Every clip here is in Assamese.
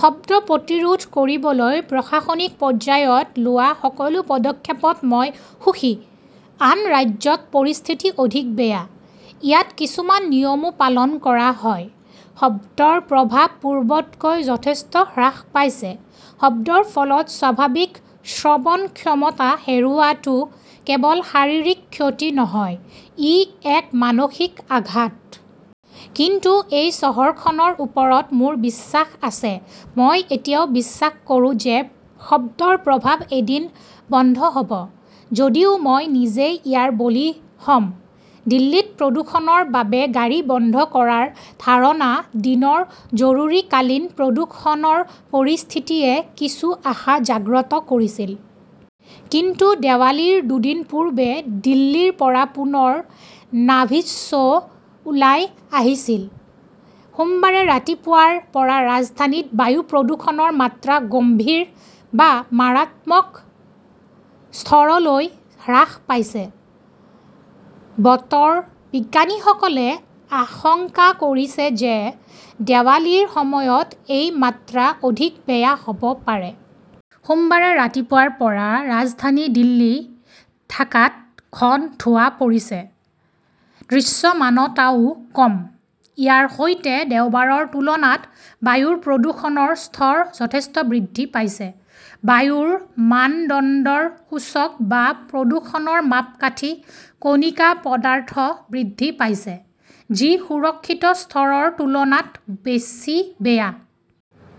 শব্দ প্ৰতিৰোধ কৰিবলৈ প্ৰশাসনিক পৰ্যায়ত লোৱা সকলো পদক্ষেপত মই সুখী। আন ৰাজ্যত পৰিস্থিতি অধিক বেয়া। ইয়াত কিছুমান নিয়মো পালন কৰা হয়। শব্দৰ প্ৰভাৱ পূৰ্বতকৈ যথেষ্ট হ্ৰাস পাইছে। শব্দৰ ফলত স্বাভাৱিক শ্ৰৱণ ক্ষমতা হেৰুওৱাটো কেৱল শাৰীৰিক ক্ষতি নহয়, ই এক মানসিক আঘাত। কিন্তু এই চহৰখনৰ ওপৰত মোৰ বিশ্বাস আছে। মই এতিয়াও বিশ্বাস কৰোঁ যে শব্দৰ প্ৰভাৱ এদিন বন্ধ হব, যদিও মই নিজেই ইয়াৰ বলি হম। দিল্লীত প্ৰদূষণৰ বাবে গাড়ী বন্ধ কৰাৰ ধাৰণা দিনৰ জৰুৰীকালীন প্ৰদূষণৰ পৰিস্থিতিয়ে কিছু আশা জাগ্ৰত কৰিছিল। কিন্তু দেৱালীৰ দুদিন পূৰ্বে দিল্লীৰ পৰা পুনৰ "নাভিশ্ব" ওলাই আহিছিল। সোমবাৰে ৰাতিপুৱাৰ পৰা ৰাজধানীত বায়ু প্ৰদূষণৰ মাত্ৰা "গম্ভীৰ" বা মাৰাত্মক স্তৰলৈ হ্ৰাস পাইছে। বতৰ বিজ্ঞানীসকলে আশংকা কৰিছে যে, দেৱালীৰ সময়ত এই মাত্ৰা অধিক বেয়া হব পাৰে। সোমবাৰে ৰাতিপুৱাৰ পৰা ৰাজধানী দিল্লী, ঢাকাত ঘন ধোঁৱা পৰিছে। দৃশ্যমানতাও কম। ইয়াৰ সৈতে দেওবাৰৰ তুলনাত বায়ুৰ প্ৰদূষণৰ স্তৰ যথেষ্ট বৃদ্ধি পাইছে। বায়ুৰ মানদণ্ডৰ সূচক বা প্ৰদূষণৰ মাপকাঠি কণিকা পদাৰ্থ বৃদ্ধি পাইছে, যি সুৰক্ষিত স্তৰৰ তুলনাত বেছি বেয়া।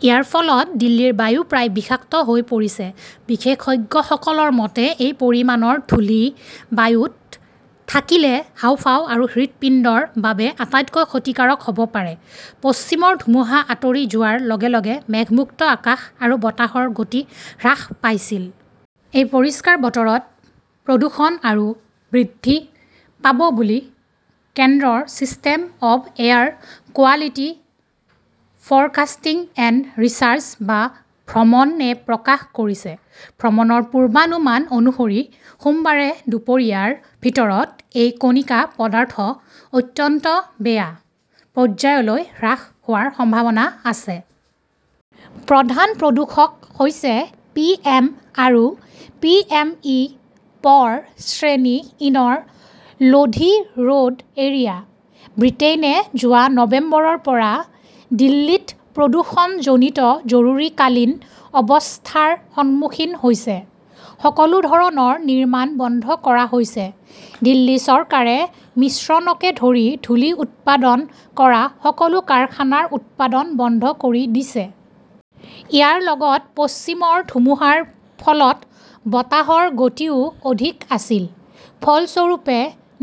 ইয়াৰ ফলত দিল্লীৰ বায়ু প্ৰায় বিষাক্ত হৈ পৰিছে। বিশেষজ্ঞসকলৰ মতে, এই পৰিমাণৰ ধূলি বায়ুত থাকিলে হাঁওফাঁও আৰু হৃদপিণ্ডৰ বাবে আটাইতকৈ ক্ষতিকাৰক হব পাৰে। পশ্চিমৰ ধুমুহা আঁতৰি যোৱাৰ লগে লগে মেঘমুক্ত আকাশ আৰু বতাহৰ গতি হ্ৰাস পাইছিল। এই পৰিষ্কাৰ বতৰত প্ৰদূষণ আৰু বৃদ্ধি পাব বুলি কেন্দ্ৰৰ system of air quality forecasting and research বা "ভ্ৰমণ"-এ প্ৰকাশ কৰিছে। ভ্ৰমণৰ পূৰ্বানুমান অনুসৰি, সোমবাৰে দুপৰীয়াৰ ভিতৰত এই কণিকা পদাৰ্থ " অত্যন্ত বেয়া" পৰ্যায়লৈ হ্ৰাস হোৱাৰ সম্ভাৱনা আছে। প্ৰধান প্ৰদূষক হৈছে পিএম আৰু পিএম ইন 'প' ৰ 'শ্ৰেণী ইনৰ লোধি ৰোড এৰিয়া। ব্ৰিটেইনে যোৱা নৱেম্বৰৰ পৰা দিল্লীত প্ৰদূষণজনিত জৰুৰীকালীন অৱস্থাৰ সন্মুখীন হৈছে। সকলো ধৰণৰ নিৰ্মাণ বন্ধ কৰা হৈছে। দিল্লী চৰকাৰে মিশ্ৰণকে ধৰি ধূলি উৎপাদন কৰা সকলো কাৰখানাৰ উৎপাদন বন্ধ কৰি দিছে। ইয়াৰ লগত পশ্চিমৰ ধুমুহাৰ ফলত বতাহৰ গতিও অধিক আছিল। ফলস্বৰূপে,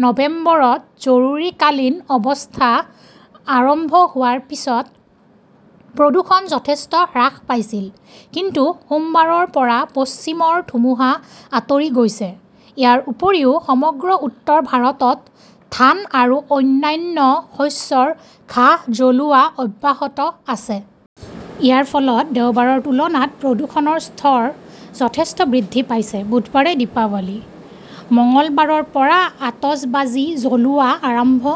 নৱেম্বৰত জৰুৰীকালীন অৱস্থা আৰম্ভ হোৱাৰ পিছত প্ৰদূষণ যথেষ্ট হ্ৰাস পাইছিল। কিন্তু সোমবাৰৰ পৰা পশ্চিমৰ ধুমুহা আঁতৰি গৈছে। ইয়াৰ উপৰিও সমগ্ৰ উত্তৰ ভাৰতত ধান আৰু অন্যান্য শস্যৰ ঘাঁহ জ্বলোৱা অব্যাহত আছে। ইয়াৰ ফলত দেওবাৰৰ তুলনাত প্ৰদূষণৰ স্তৰ যথেষ্ট বৃদ্ধি পাইছে। বুধবাৰে দীপাৱলী। মঙলবাৰৰ পৰা আতচবাজী জ্বলোৱা আৰম্ভ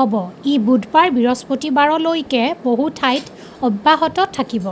হব। ই বুধবাৰ-বৃহস্পতিবাৰলৈকে বহু ঠাইত অব্যাহত থাকিব।